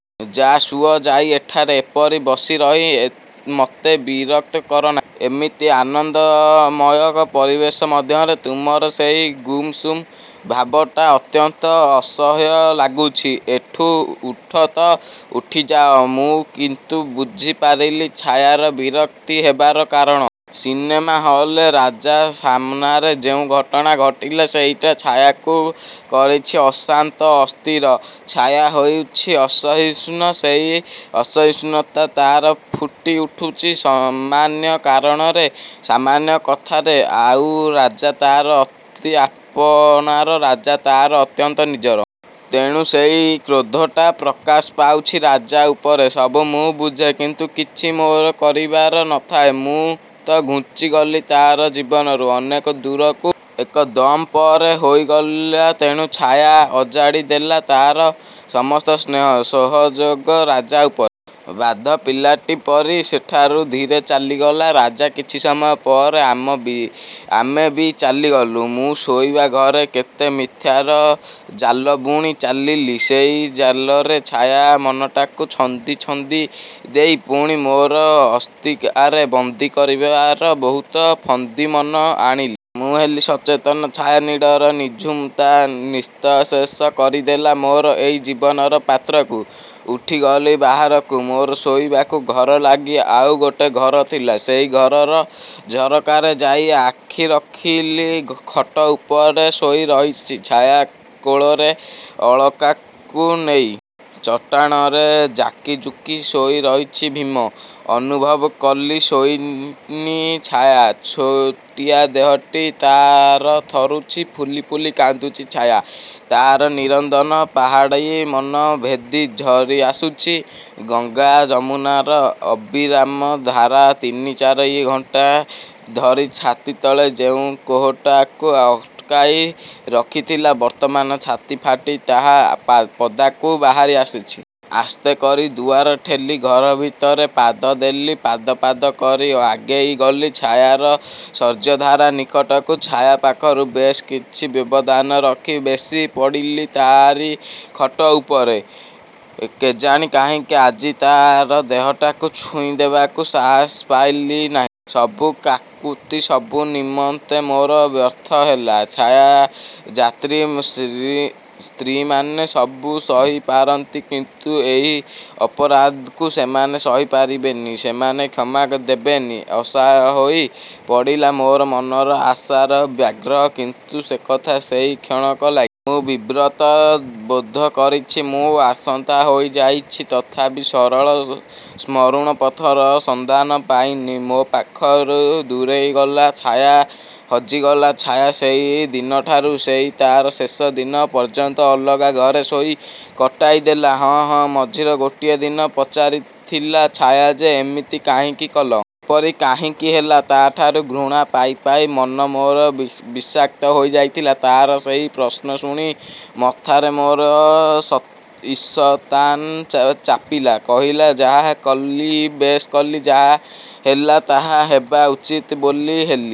ଯାଅ, ଶୁଅ ଯାଇ। ଏଠାରେ ଏପରି ବସି ରହି ମତେ ବିରକ୍ତ କର ନାହିଁ। ଏମିତି ଆନନ୍ଦମୟ ପରିବେଶ ମଧ୍ୟରେ ତୁମର ସେଇ ଗୁମ୍‌ସୁମ୍ ଭାବଟା ଅତ୍ୟନ୍ତ ଅସହ୍ୟ ଲାଗୁଛି। ଏଠୁ ଉଠ ତ, ଉଠି ଯାଅ। ମୁଁ କିନ୍ତୁ ବୁଝି ପାରିଲି ଛାୟାର ବିରକ୍ତି ହେବାର କାରଣ। ସିନେମା ହଲ୍‌ରେ ରାଜା ସାମନାରେ ଯେଉଁ ଘଟଣା ଘଟିଲା ସେଇଟା ଛାୟାକୁ କରିଛି ଅଶାନ୍ତ ଅସ୍ଥିର। ଛାୟା ହୋଇଛି ଅସହିଷ୍ଣୁ। ସେଇ ଅସହିଷ୍ଣୁତା ତା'ର ଫୁଟି ଉଠୁଛି ସାମାନ୍ୟ କାରଣରେ, ସାମାନ୍ୟ କଥାରେ। ଆଉ ରାଜା ତା'ର ଅତି ଆପଣାର, ରାଜା ତା'ର ଅତ୍ୟନ୍ତ ନିଜର। ତେଣୁ ସେଇ କ୍ରୋଧଟା ପ୍ରକାଶ ପାଉଛି ରାଜା ଉପରେ। ସବୁ ମୁଁ ବୁଝେ, କିନ୍ତୁ କିଛି ମୋର କରିବାର ନ ଥାଏ। ମୁଁ ତ ଘୁଞ୍ଚି ଗଲି ତା'ର ଜୀବନରୁ ଅନେକ ଦୂରକୁ। ଏକଦମ୍ ପର ହୋଇଗଲି। ତେଣୁ ଛାୟା ଅଜାଡ଼ି ଦେଲା ତା'ର ସମସ୍ତ ସ୍ନେହ ସୋହାଗ ରାଜା ଉପରେ। ବାଧ୍ୟ ପିଲାଟି ପରି ସେଠାରୁ ଧୀରେ ଚାଲିଗଲା ରାଜା। କିଛି ସମୟ ପରେ ଆମେ ବି ଚାଲିଗଲୁ। ମୁଁ ଶୋଇବା ଘରେ କେତେ ମିଥ୍ୟାର ଜାଲ ବୁଣି ଚାଲିଲି। ସେ ଜାଲରେ ଛାୟାର ମନଟାକୁ ଛନ୍ଦି ଛାନ୍ଦି ଦେଇ ପୁଣି ମୋର ଅକ୍ତିଆରରେ ବନ୍ଦୀ କରିବାର ବହୁତ ଫନ୍ଦି ମନକୁ ଆଣିଲି। ମୁଁ ହେଲି ସଚେତନ। "ଛାୟାନୀଡ଼"ର ନିଝୁମତା ନିଃଶେଷ କରିଦେଲା ମୋରି ଏଇ ଜୀବନ ପାତ୍ରକୁ। ଉଠି ଗଲି ବାହାରକୁ। ମୋ ଶୋଇବା ଘରକୁ ଲାଗି ଆଉ ଗୋଟିଏ ଘର ଥିଲା। ସେଇ ଘରର ଝରକାରେ ଯାଇ ଆଖି ରଖିଲି। ଖଟ ଉପରେ ଶୋଇ ରହିଛି ଛାୟା କୋଳରେ ଅଳକାକୁ ନେଇ। ଚଟାଣରେ ଜାକି ଜୁକି ଶୋଇ ରହିଛି ଭୀମ। ଅନୁଭବ କଲି ଶୋଇନି ଛାୟା। ଛୋଟିଆ ଦେହଟି ତା'ର ଥରୁଛି, ଫୁଲି ଫୁଲି କାନ୍ଦୁଛି ଛାୟା। ତା'ର ନିରନ୍ଦନ ପାହାଡ଼ି ମନ ଭେଦି ଝରି ଆସୁଛି ଗଙ୍ଗାଯମୁନାର ଅବିରାମ ଧାରା। ତିନି ଚାରି ଘଣ୍ଟା ଧରି ଛାତି ତଳେ ଯେଉଁ କୋହଟାକୁ ଅଟକାଇ ରଖିଥିଲା, ବର୍ତ୍ତମାନ ଛାତି ଫାଟି ତାହା ପଦାକୁ ବାହାରି ଆସିଛି। ଆସ୍ତେ କରି ଦୁଆର ଠେଲି ଘର ଭିତରେ ପାଦ ଦେଲି। ପାଦ ପାଦ କରି ଆଗେଇ ଗଲି ଛାୟାର ଶଯ୍ୟାଧାର ନିକଟକୁ। ଛାୟା ପାଖରୁ ବେଶ୍ କିଛି ବ୍ୟବଧାନ ରଖି ବସି ପଡ଼ିଲି ତା'ରି ଖଟ ଉପରେ। କେଜାଣି କାହିଁକି ଆଜି ତା'ର ଦେହଟାକୁ ଛୁଇଁ ଦେବାକୁ ସାହସ ପାଇଲି ନାହିଁ। ସବୁ କାକୁତି, ସବୁ ନିମନ୍ତେ ମୋର ବ୍ୟର୍ଥ ହେଲା। ଛାୟା ଜାତିର ସ୍ତ୍ରୀମାନେ ସବୁ ସହି ପାରନ୍ତି, କିନ୍ତୁ ଏହି ଅପରାଧକୁ ସେମାନେ ସହି ପାରିବେନି। ସେମାନେ କ୍ଷମା ଦେବେନି। ଅସହାୟ ହୋଇ ପଡ଼ିଲା ମୋର ମନର ଆଶାର ବ୍ୟାଘ୍ର। କିନ୍ତୁ ସେକଥା ସେଇ କ୍ଷଣକ ଲାଗି। ମୁଁ ବିବ୍ରତ ବୋଧ କରିଛି, ମୁଁ ଆଶନ୍ତା ହୋଇଯାଇଛି। ତଥାପି ସରଳ ମସୃଣ ପଥର ସନ୍ଧାନ ପାଇନି। ମୋ ପାଖରୁ ଦୂରେଇ ଗଲା ଛାୟା, ହଜିଗଲା ଛାୟା! ସେଇ ଦିନଠାରୁ ସେ ତା'ର ଶେଷ ଦିନ ପର୍ଯ୍ୟନ୍ତ ଅଲଗା ଘରେ ଶୋଇ କଟାଇ ଦେଲା। ହଁ, ହଁ, ମଝିରେ ଗୋଟିଏ ଦିନ ପଚାରିଥିଲା ଛାୟା ଯେ ଏମିତି କାହିଁକି କଲ? ପରି କାହିଁକି ହେଲ? ତା'ଠାରୁ ଘୃଣା ପାଇ ପାଇ ମନ ମୋର ବିଷାକ୍ତ ହୋଇଯାଇଥିଲା। ତା'ର ସେଇ ପ୍ରଶ୍ନ ଶୁଣି ମଥାରେ ମୋର ଶଇତାନ ଚାପିଲା। କହିଲି ଯାହା କଲି ବେଶ୍ କଲି, ଯାହା ହେଲି ତାହା ହେବା ଉଚିତ ବୋଲି ହେଲି।